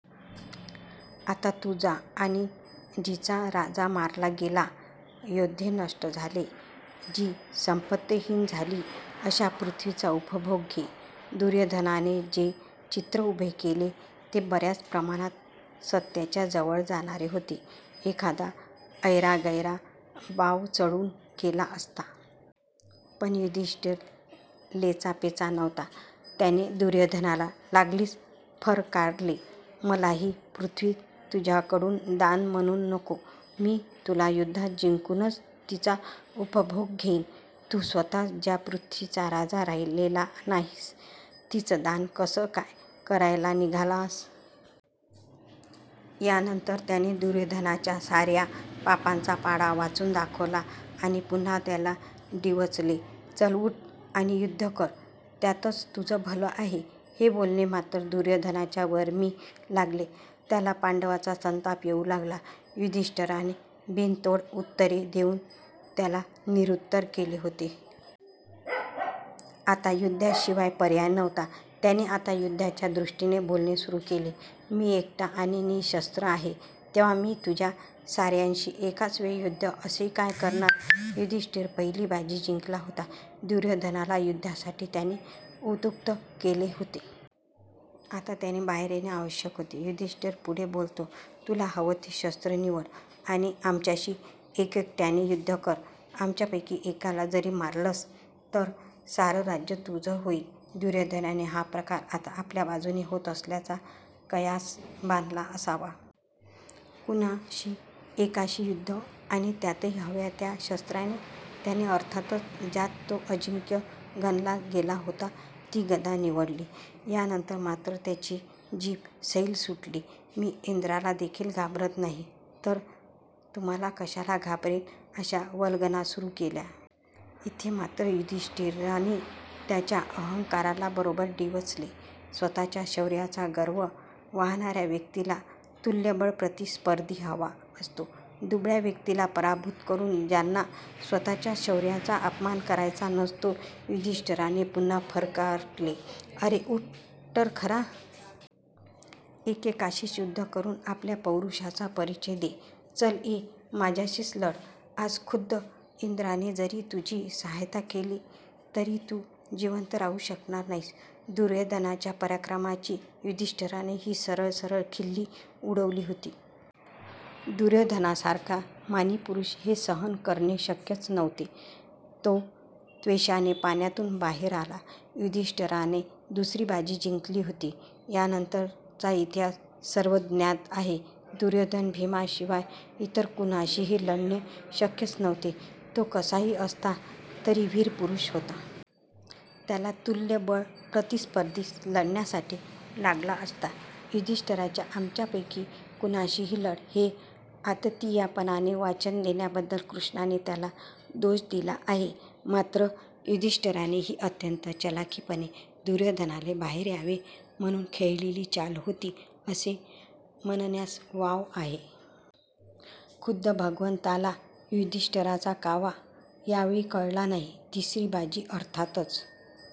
आता तु जा आणि जिचा राजा मारला गेला, योद्धे नष्ट झाले, जी संपत्तीहीन झाली अशा पृथ्वीचा उपभोग घे. दुर्योधनाने जे चित्र उभे केले ते बर्याच प्रमाणात सत्याच्या जवळ जाणारे होते. एखादा ऐरागैरा बावचळुन गेला असता. पण युधिष्ठीर लेचापेचा नव्हता. त्याने दुर्योधनाला लागलीच फटकारले, मला ही पृथ्वी तुझ्याकडुन दान म्हणुन नको. मी तुला युद्धात जिंकुनच तिचा उपभोग घेइन. तु स्वतःच ज्या पृथ्वीचा राजा राहीलेला नाहीस तिचं दान कसं काय करायला निघालास? यानंतर त्याने दुर्योधनाच्या सार्या पापांचा पाढा वाचुन दाखवला आणि पुन्हा त्याला डिवचले. चल उठ आणि युद्ध कर. त्यातच तुझं भलं आहे. हे बोलणे मात्र दुर्योधनाच्या वर्मी लागले. त्याला पांडवांचा संताप येऊ लागला. युधिष्ठीराने बिनतोड उत्तरे देऊन त्याला निरुत्तर केले होते. आता युद्धाशिवाय पर्याय नव्हता. त्याने आता युद्धाच्या दृष्टीने बोलणे सुरु केले, मी एकटा आणि निशस्त्र आहे तेव्हा मी तुम्हा सार्यांशी एकाचवेळी युद्ध असे काय करणार? युधिष्ठीर पहिली बाजी जिंकला होता. दुर्योधनाला युद्धासाठी त्याने उद्युक्त केले होते. आता त्याने बाहेर येणे आवश्यक होते. युधिष्ठीर पुढे बोलतो, तुला हवं ते शस्त्र निवड आणि आमच्याशी एकेकट्याने युद्ध कर. आमच्यापैकी एकाला जरी मारलंस तरी सारं राज्य तुझं होईल. दुर्योधनाने हा प्रकार आता आपल्या बाजुने होत असल्याचा कयास बांधला असावा. कुणाही एकाशी युद्ध आणि त्यातही हव्या त्या शस्त्राने. त्याने अर्थातच ज्यात तो अजिंक्य गणला गेला होता ती गदा निवडली. यानंतर मात्र त्याची जीभ सैल सुटली. मी इंद्राला देखिल घाबरत नाही तर तुम्हाला कशाला घाबरेन अशा वल्गना सुरु केल्या. इथे मात्र युधिष्ठीराने त्याच्या अहंकाराला बरोबर डिवचले. स्वतःच्या शौर्याचा गर्व वाहणार्या व्यक्तीला तुल्यबळ प्रतिस्पर्धी हवा असतो. दुबळ्या व्यक्तीला पराभूत करुन त्यांना स्वतःच्या शौर्याचा अपमान करायचा नसतो. युधिष्ठीराने पुन्हा फटकारले, अरे उठ तर खरा. एकेकाशीच युद्ध करुन आपल्या पौरुषाचा परीचय दे. चल ये माझ्याशीच लढ. आज खुद्द इन्द्राने जरी तुझी साहाय्यता केली तरी तु जिवंत राहु शकणार नाहीस. दुर्योधनाच्या पराक्रमाची युधिष्ठीराने ही सरळ सरळ खिल्ली उडवली होती. दुर्योधनासारखा मानी पुरुष हे सहन करणे शक्यच नव्हते. तो त्वेषाने पाण्यातुन बाहेर आला. युधिष्ठीराने दुसरी बाजी जिंकली होती. यानंतरचा इतिहास सर्वज्ञात आहे. दुर्योधन भीमाशिवाय इतर कुणाशीही लढणे शक्यच नव्हते. तो कसाही असता तरी वीर पुरुष होता. त्याला तुल्यबळ प्रतिस्पर्धीच लढण्यासाठी लागला असता. युधिष्ठीराच्या आमच्यापैकी कुणाशीही लढ हे आततायीपणाने वचन देण्याबद्दल कॄष्णाने त्याला दोष दिला आहे. मात्र युधिष्ठीराने ही अत्यंत चलाखपणे दुर्योधनाने बाहेर यावे म्हणुन खेळलेली चाल होती असे म्हणण्यास वाव आहे. खुद्द भगवंताला युधिष्ठीराचा कावा यावेळी कळला नाही. तिसरी बाजी अर्थातच